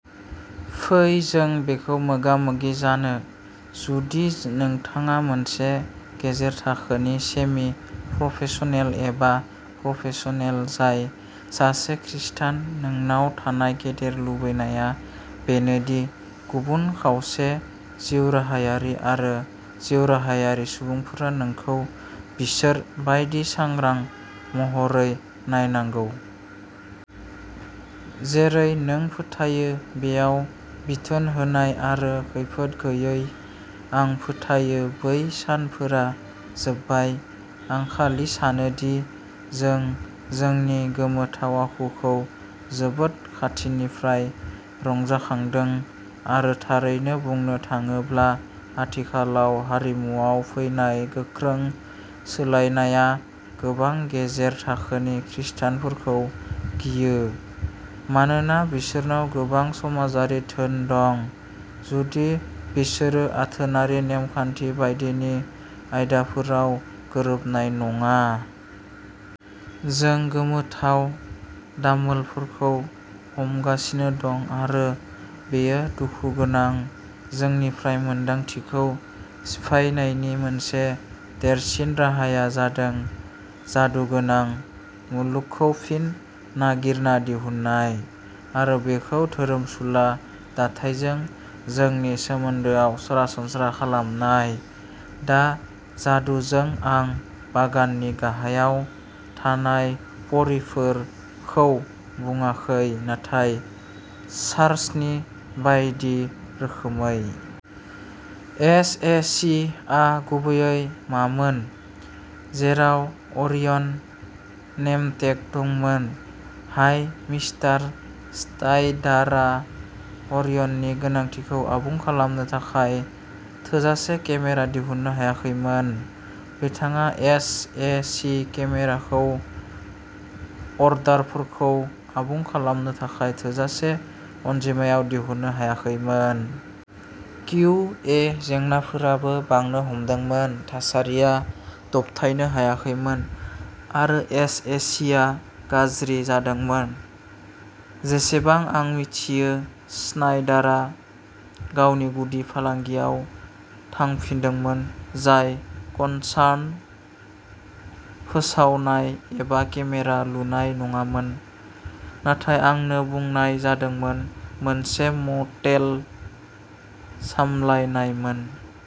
फै जों बेखौ मोगा-मोगि जानो, जुदि नोंथाङा मोनसे गेजेर थाखोनि सेमि-प्रफेसनेल एबा प्रफेसनेल जाय सासे खृस्टान, नोंनाव थानाय गेदेर लुबैनाया बेनो दि गुबुन खावसे-जिउराहायारि आरो जिउराहायारि सुबुंफोरा नोंखौ बिसोर बायदि सांग्रां महरै नायनांगौ। जेरै नों फोथायो बेयाव बिथोन होनाय आरो खैफोद गैयै। आं फोथायो बै सानफोरा जोबबाय। आं खालि सानो दि जों जोंनि गोमोथाव आखुखौ जोबोद खाथिनिफ्राय रंजाखांदों, आरो थारैनो बुंनो थाङोब्ला आथिखालाव हारिमुआव फैनाय गोख्रों सोलायनाया गोबां गेजेर थाखोनि खृस्टानफोरखौ गियो, मानोना बिसोरनाव गोबां समाजारि धोन दं, जुदि बिसोरो आथोनारि नेम खान्थि बायदिनि आयदाफोराव गोरोबनाय नङा। जों गोमोथाव दामोलफोरखौ हमगासिनो दं, आरो बेयो दुखु गोनां। जोंनिफ्राय मोनदांथिखौ सिफायनायनि मोनसे देरसिन राहाया जादों "जादुगोनां" मुलुगखौ फिन नागिरना दिहुननाय, आरो बेखौ धोरोमसुला दाथायजों जोंनि सोमोन्दोआव सरासनस्रा खालामनाय। दा जादुजों आं "बागाननि गाहायाव थानाय परीफोर" खौ बुङाखै, नाथाय चार्ल्सनि बायदि रोखोमै। एस. ए. सि. आ गुबैयै मामोन, जेराव अरियन नेमटेग दंमोन। हाय, मिस्टार स्थाइडारआ अरियननि गोनांथिखौ आबुं खालामनो थाखाय थोजासे केमेरा दिहुननो हायाखैमोन। बिथाङा एस. ए. सि. केमेराखौ अर्डारफोरखौ आबुं खालामनो थाखाय थोजासे अनजिमायाव दिहुननो हायाखैमोन। किउ. ए. जेंनाफोराबो बांनो हमदोंमोन। थासारिया दबथायनो हायाखैमोन आरो एस. ए. सि. आ गाज्रि जादोंमोन। जेसेबां आं मिथियो, स्नाइडारआ गावनि गुदि फालांगियाव थांफिनदोंमोन-जाय कनसान फोसावनाय एबा केमेरा लुनाय नङामोन, नाथाय, आंनो बुंनाय जादोंमोन, मोनसे मटेल सामलायनायमोन।